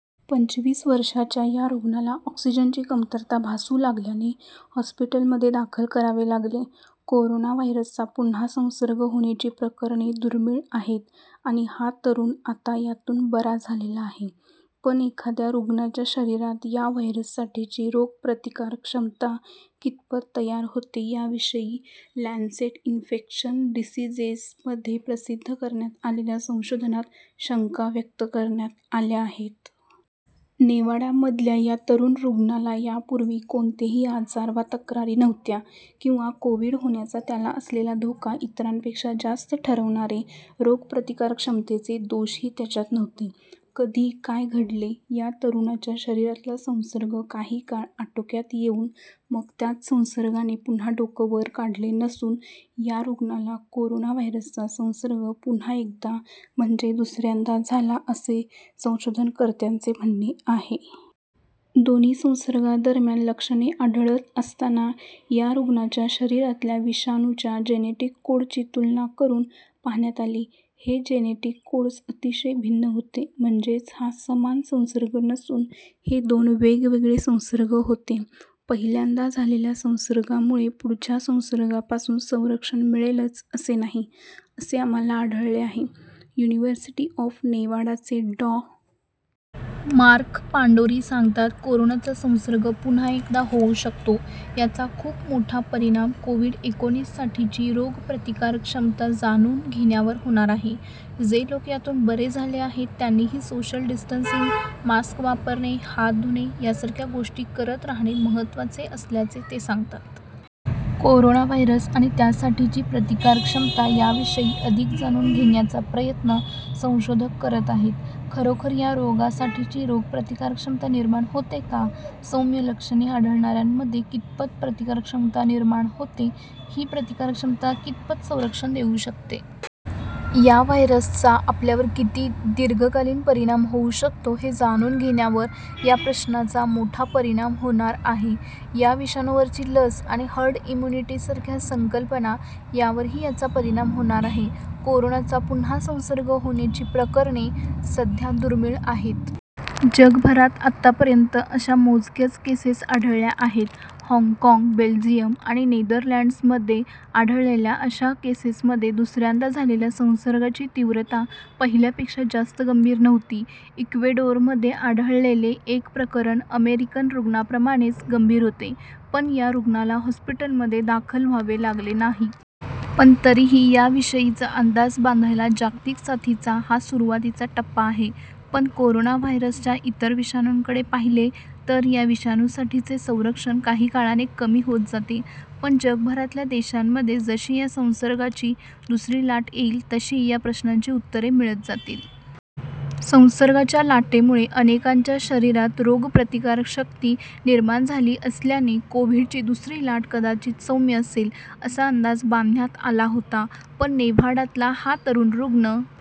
पंचवीस वर्षांच्या या रुग्णाला ऑक्सिजनची कमतरता भासू लागल्याने हॉस्पिटलमध्ये दाखल करावे लागले. कोरोना व्हायरसचा पुन्हा संसर्ग होण्याची प्रकरणे दुर्मिळ आहेत आणि हा तरुण आता यातून बरा झालेला आहे. पण एखाद्या रुग्णाच्या शरीरात या व्हायरससाठीची रोगप्रतिकारक्षमता कितपत तयार होते, याविषयी 'लॅन्सेट इन्फेक्शस डिसीजेस'मध्ये प्रसिद्ध करण्यात आलेल्या संशोधनात शंका व्यक्त करण्यात आल्या आहेत. नेव्हाडामधल्या या तरुण रुग्णाला यापूर्वी कोणतेही आजार वा तक्रारी नव्हत्या. किंवा कोव्हिड होण्याचा त्याला असलेला धोका इतरांपेक्षा जास्त ठरवणारे रोगप्रतिकारक्षमतेचे दोषही त्याच्यात नव्हते. कधी, काय घडले? या तरुणाच्या शरीरातला संसर्ग काही काळ आटोक्यात येऊन मग त्याच संसर्गाने पुन्हा डोकं वर काढले नसून या रुग्णाला कोरोना व्हायरसचा संसर्ग पुन्हा एकदा म्हणजे दुसऱ्यांदा झाला असे संशोधनकर्त्यांचे म्हणणे आहे. दोन्ही संसर्गांदरम्यान लक्षणे आढळत असताना, या रुग्णाच्या शरीरातल्या विषाणूच्या जेनेटिक कोडची तुलना करून पाहण्यात आली. हे जेनेटिक कोड्स अतिशय भिन्न होते. म्हणजेच हा समान संसर्ग नसून हे दोन वेगवेगळे संसर्ग होते. "पहिल्यांदा झालेल्या संसर्गामुळे पुढच्या संसर्गांपासून संरक्षण मिळेलच असे नाही, असे आम्हाला आढळले आहे," युनिव्हर्सिटी ऑफ नेव्हाडाचे डॉ. मार्क पांडोरी सांगतात. "कोरोनाचा संसर्ग पुन्हा एकदा होऊ शकतो याचा खूप मोठा परिणाम कोव्हिड-एकोणीससाठीची रोगप्रतिकारक्षमता जाणून घेण्यावर होणार आहे." जे लोक यातून बरे झाले आहेत त्यांनीही सोशल डिस्टन्सिंग, मास्क वापरणे, हात धुणे यासारख्या गोष्टी करत राहणे महत्त्वाचे असल्याचे ते सांगतात. कोरोना व्हायरस आणि त्यासाठीची प्रतिकारक्षमता याविषयी अधिक जाणून घेण्याचा प्रयत्न संशोधक करत आहेत. खरोखर या रोगासाठीची रोगप्रतिकारक्षमता निर्माण होते का? सौम्य लक्षणे आढळणाऱ्यांमध्ये कितपत प्रतिकारक्षमता निर्माण होते? ही प्रतिकारक्षमता कितपत संरक्षण देऊ शकते? या व्हायरसचा आपल्यावर किती दीर्घकालीन परिणाम होऊ शकतो हे जाणून घेण्यावर या प्रश्नांचा मोठा परिणाम होणार आहे. या विषाणूवरची लस आणि हर्ड इम्युनिटीसारख्या संकल्पना यावरही याचा परिणाम होणार आहे. कोरोनाचा पुन्हा संसर्ग होण्याची प्रकरणे सध्या दुर्मिळ आहेत. जगभरात आतापर्यंत अशा मोजक्याच केसेस आढळल्या आहेत. हाँगकाँग, बेल्जियम आणि नेदरलँड्समध्ये आढळलेल्या अशा केसेसमध्ये दुसऱ्यांदा झालेल्या संसर्गाची तीव्रता पहिल्यापेक्षा जास्त गंभीर नव्हती. इक्वेडोरमध्ये आढळलेले एक प्रकरण अमेरिकन रुग्णाप्रमाणेच गंभीर होते, पण या रुग्णाला हॉस्पिटलमध्ये दाखल व्हावे लागले नाही. पण तरीही याविषयीचा अंदाज बांधायला जागतिक साथीचा हा सुरुवातीचा टप्पा आहे. पण कोरोना व्हायरसच्या इतर विषाणूंकडे पाहिले तर या विषाणूसाठीचे संरक्षण काही काळाने कमी होत जाते. पण जगभरातल्या देशांमध्ये जशी या संसर्गाची दुसरी लाट येईल, तशी या प्रश्नांची उत्तरे मिळत जातील. संसर्गाच्या लाटेमुळे अनेकांच्या शरीरात रोगप्रतिकारशक्ती निर्माण झाली असल्याने कोव्हिडची दुसरी लाट कदाचित सौम्य असेल असा अंदाज बांधण्यात आला होता. पण नेव्हाडातला हा तरुण रुग्ण